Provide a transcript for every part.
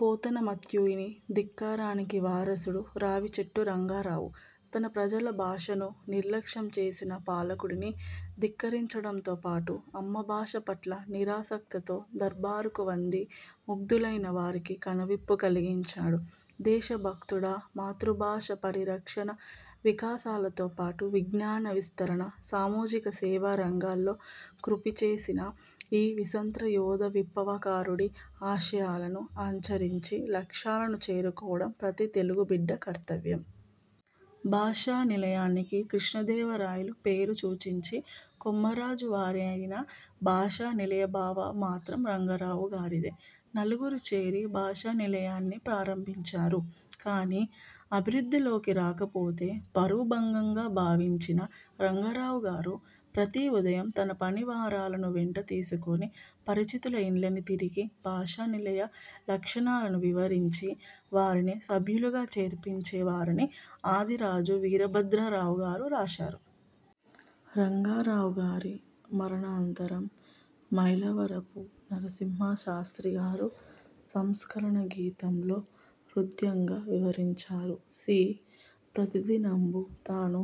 పోతనా మాత్యుని ధిక్కారానికి వారసుడు రావిచెట్టు రంగారావు. తన ప్రజల భాషను నిర్లక్ష్యం చేసిన పాలకుడిని ధిక్కరించడంతో పాటు అమ్మ భాష పట్ల నిరాసక్తతతో దర్బారుకు వంధి మాగధులైన వారికి కనువిప్పు కలిగించాడు. దేశ భక్తుడూ, మాతృభాషా పరి రక్షణ వికాసాలతో పాటు విజ్ఞాన విస్తరణ, సామాజిక సేవా రంగాలలో కృషి చేసిన ఈ విస్మృత మేధో విప్లవకారుడి ఆశయాలను ఆచరించి, లక్ష్యాలను చేరుకోవడం ప్రతీ తెలుగు బిడ్డ కర్తవ్యం. భాషా నిలయానికి కృష్ణదేవరాయల పేరు సూచిం చింది కొమర్రాజువారే ఐనా, భాషా నిలయ భావన మాత్రం రంగారావు గారిదే. నలుగురూ చేరి భాషా నిలయాన్ని ప్రారంభించారు కానీ అభివృద్ధిలోకి రాకపోతే పరువు భంగంగా భావించిన రంగారావు గారు ప్రతి ఉదయం తన పని వారలను వెంట తీసుకుని పరిచితుల ఇండ్లన్నీ తిరిగి భాషా నిలయ లక్ష్యా లను వివరించి వారిని సభ్యులుగా చేర్పించే వారని ఆదిరాజు వీరభద్రరావు గారు రాశారు. రంగారావు గారి మరణానంతరం మైలవరపు నర్సింహశాస్త్రి గారు సంస్మ రణ గీతంలో హృద్యంగా వివరించారు సీ. ప్రతిదినంబును తాను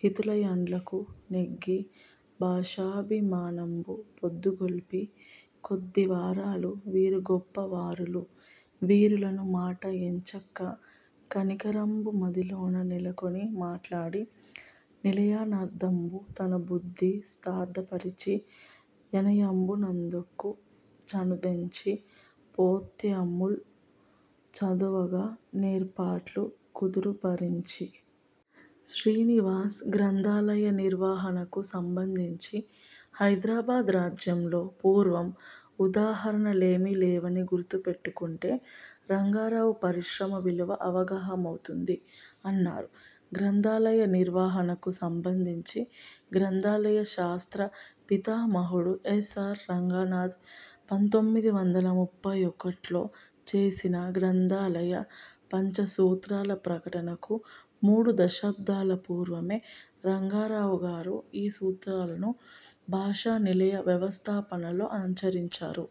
హితులయిండ్లకు నేగి భాషాభి మానంబు పాదుగొల్పి కొద్ది వారలు వీరు గొప్ప వారలు వీరలను మాట ఎంచక కనికరంబు మదిలోన నెలకొని మాట్లాడి నిలయావనార్థంబు తన బుద్ధి సార్థపరచి యనయంబునందఱు చనుదెంచి పొత్తముల్ చదువగా నేర్పాట్లు కుదురుపఱచి. శ్రీనివాస్ గ్రంథాలయ నిర్వహణకు సంబంధించి హైదరాబాద్ రాజ్యంలో పూర్వ ఉదాహరణ లేవీ లేవని గుర్తు పెట్టుకుంటే రంగారావు పరిశ్రమం విలువ అవగతమౌతుంది అన్నారు. గ్రంథాలయ నిర్వహణకు సంబంధించి గ్రంథాలయ శాస్త్ర పితామహుడు యస్. ఆర్. రంగనాథన్ పంతొమ్మిది వందల ముప్పై ఒకటిలో చేసిన గ్రంథాలయ పంచసూత్రాల ప్రకటనకు మూడు దశాబ్దాల పూర్వమే రంగారావు గారు ఈ సూత్రాలను భాషా నిలయ వ్యవస్థాపనలో ఆచరించారు.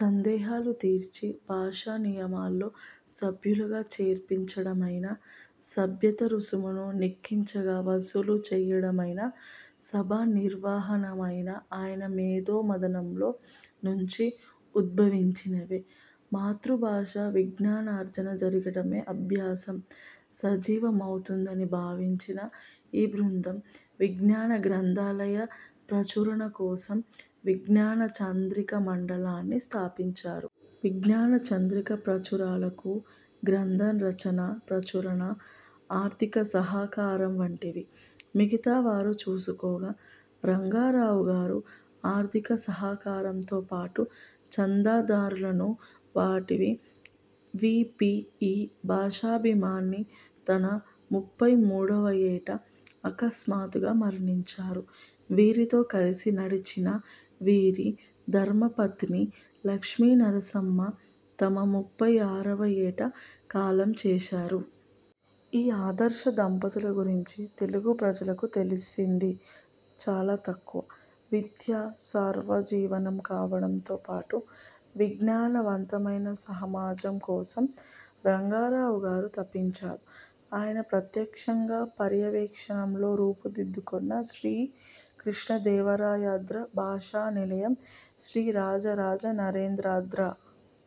సందేహాలు తీర్చి భాషా నిలయంలో సభ్యులుగా చేర్పించడమైనా, సభ్యత్వ రుసుము నిక్కచ్చిగా వసూలు చేయడమైనా, సభా నిర్వహణయైునా ఆయన మేధో మధనంలో నుంచి ఉద్భవించినవే. మాతృ భాషలో విజ్ఞానార్జన జరిగినపుడే అభ్యాసం సజీవమౌతుందని భావించిన ఈ బృందం విజ్ఞాన గ్రంథాల ప్రచురణ కోసం విజ్ఞాన చంద్రికా మండలి ని స్థాపించారు. విజ్ఞాన చంద్రిక ప్రచురణలకు గ్రంథ రచన, ప్రచురణ, ఆర్థిక సహకారం వంటివి మిగతా వారు చూసుకోగా రంగారావు గారు ఆర్థిక సహకారంతో పాటు చందాదారులకు వాటిని వి. పి. ఈ భాషాభిమాని తన ముప్పై మూడువ యేట అకస్మాత్తుగా మరణించారు. వీరితో కలసి నడిచిన వీరి ధర్మపత్ని లక్ష్మీనరసమ్మ తమ ముప్పై ఆరువ యేట కాలం చేశారు. ఈ ఆదర్శ దంపతుల గురించి తెలుగు ప్రజలకు తెలిసింది చాలా తక్కువ. విద్య సార్వజనీనం కావడంతో పాటు విజ్ఞాన వంతమైన సమాజం కోసం రంగారావు గారు తపించారు. ఆయన ప్రత్యక్ష పర్యవేక్షణలో రూపు దిద్దుకొన్న శ్రీ కృష్ణదేవరాయాంధ్ర భాషా నిలయం, శ్రీరాజరాజ నరేంద్రాంధ్ర